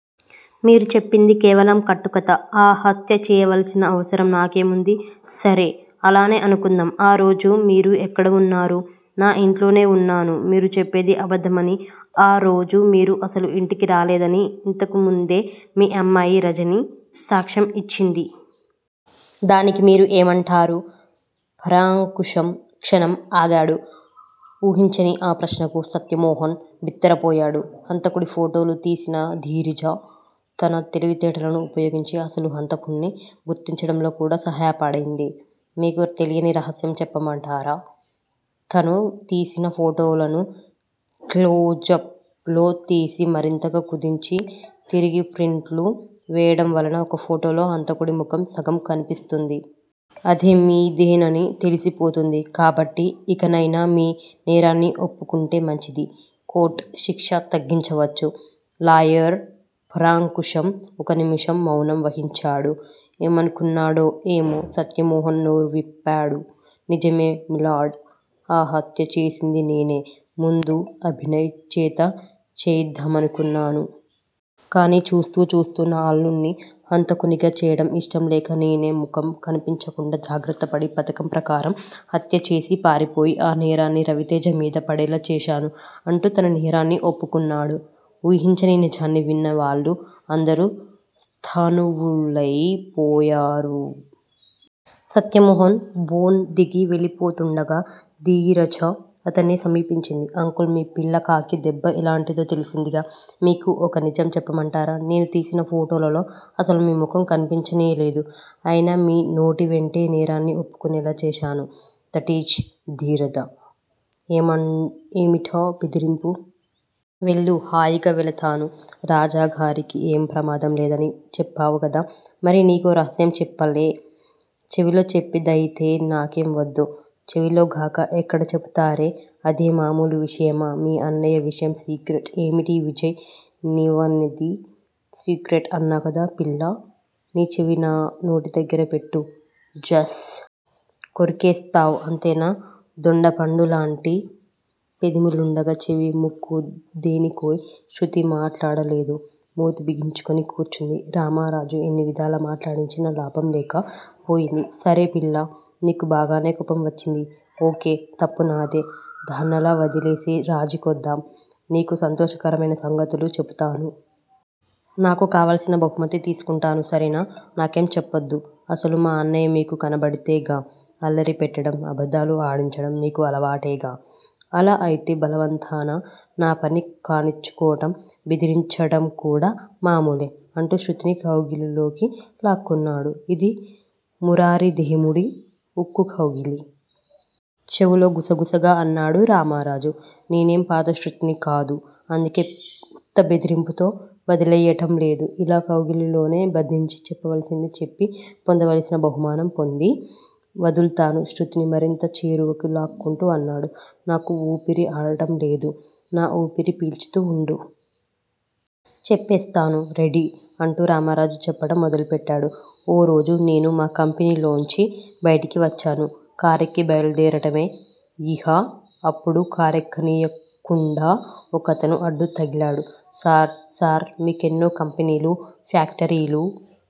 మీరు చెప్పింది కేవలం కట్టుకథ ఆ హత్య చేయవలసిన అవసరం నాకేముంది? సరే, అలానే అనుకుందాం ఆ రోజు మీరు ఎక్కడ ఉన్నారు? నా ఇంట్లోనే వున్నాను మీరు చెప్పేది అబద్దమని, ఆ రోజు మీరు అసలు ఇంటికి రాలేదని ఇంతకుముందే మీ అమ్మాయి రజని సాక్ష్యం ఇచ్చింది. దానికి మీరు ఏమంటారు? పరాంకుశం క్షణం ఆగాడు. ఊహించని ఆ ప్రశ్నకు సత్యమోహన్ బిత్తరపోయాడు. హంతుకుడి ఫోటోలు తీసిన ధీరజ తన తెలివితేటలను ఉపయోగించి అసలు హంతకుడ్ని గుర్తించడంలో కూడా సహయాపడింది. మీకు తెలియని రహస్యం చెప్పమటారా. తను తీసిన ఫోటోలను క్లోజప్ లు తీసి మరింతగా కుదించి తిరిగి ప్రింట్లు వేయడం వలన ఒక ఫోటోలో హంతకుడి ముఖం సగం కనిపిస్తుంది. అది మీదేనని తెలిసి పోతుంది కాబట్టి ఇకనయినా మీ నేరాన్ని ఒప్పుకుంటే మంచిది కోర్టు శిక్ష తగ్గించవచ్చు లాయర్ పరాంకుశం ఒక నిముషం మౌనం వహించాడు. ఏమనుకున్నాడో ఏమో సత్యమోహన్ నోరు విప్పాడు. నిజమే మిలార్డ్ ఆ హత్య చేసింది నేనే ముందు అభినయ్ చేత చేయిద్దామనుకున్నాను. కానీ చూస్తూ చూస్తూ నా అల్లుడ్ని హంతకునిగా చేయడం ఇష్టం లేక నేనే ముఖం కనిపించకుండా జాగ్రత్తపడి పధకం ప్రకారం హత్య చేసి పారిపోయి ఆ నేరాన్ని రవితేజ మీద పడేలా చేశాను అంటూ తన నేరాన్ని ఒప్పుకున్నాడు. ఊహించని నిజాన్ని విన్న వాళ్ళు అందరూ స్థాణువులయి పోయారు. సత్యమోహన్ బోను దిగి వెళ్ళిపోబోతుండగా ధీరజ అతన్ని సమీపించింది. అంకుల్ ఈ పిల్లకాకి దెబ్బ ఎలాంటిదో తెలిసిందిగా మీకు ఒక నిజం చెప్పమంటారా? నేను తీసిన ఫోటోలలో అసలు మీ ముఖం కనిపించనేలేదు. ఐనా మీ నోటివెంటే నేరాన్ని ఒప్పుకునేలా చేశాను దటీజ్ ధీరజ। ఏమిటా బెదిరింపు? వెళ్ళు. హాయిగా వేళతాను. రాజాగారికి ఏం ప్రమాదం లేదని చెప్పావుకదా! మరీ నీకో రహస్యం చెప్పాలే. చెవిలో చెప్పేదయితే నాకేం వద్దు. చెవిలోగాక ఎక్కడ చెపుతారే? అదే మామూలు విషయమా, మీ అన్నయ్య విషయం సీక్రెట్ ఏమిటీ విజయ్ నీవనేది? సీక్రెట్ అన్నాకదా పిల్లా! నీ చెవి నా నోటిదగ్గర పెట్టు, జస్. కొరికేస్తావ్ అంతేనా? దొండపండులాంటి పెదిమలుండగా చెవి, ముక్కు దేనికోయ్ శృతి మాట్లాడలేదు. మూతి బిగించుకుని కూర్చుంది. రామరాజు ఎన్నివిధాల మాట్లాడించినా లాభం లేక పోయింది. సరే పిల్లా! నీకు బాగానే కోపం వచ్చింది. ఓకే. తప్పు నాదే. దాన్నలా వదిలేసి రాజీకొద్దాం. నీకు సంతోషకరమైన సంగతులు చెపుతాను. నాకు కావాల్సిన బహుమతి తీసుకుంటాను సరేనా! నాకేం చెప్పద్దు, అసలు మా అన్నయ్య మీకు కనపడితేగా, అల్లరి పెట్టడం, అబద్దాలు ఆడించటం మీకు అలవాటేగా! అలా అయితే బలవంతాన నా పని కానిచ్చుకోటం, బెదిరించటంకూడా మామూలే. అంటూ శృతిని కౌగిలిలోకి లాక్కున్నాడు. ఇది మురారిదేముడి ఉక్కుకౌగిలి. చెవిలో గుసగుసగా అన్నాడు రామరాజు. నేనేం పాత శృతిని కాదు. అందుకే ఉత్త బెదిరింపుతో వదిలెయ్యటంలేదు. ఇలా కౌగిలిలోనే బంధించి చెప్పవలసింది చెప్పి పొందవలసిన బహుమానం పోంది వదులుతాను శృతిని మరింత చేరువకి లాక్కుంటూ అన్నాడు. నాకు వూపిరి ఆడటం లేదు. నా వూపిరి పీల్చుతూ వుండు. చెప్పేస్తాను. రెడీ. అంటూ రామరాజు చెప్పటం మొదలుపెట్టాడు. ఓ రోజు నేను మా కంపెనీలోంచి బైటికి వచ్చాను. కారెక్కి బైలుదేరటమే యిహ, అప్పుడు కారెక్కనీయ కుండా ఒకతను అడ్డు తగిలాడు. సార్, సార్ మీ కెన్నో కంపెనీలు, ఫ్యాక్టరీలు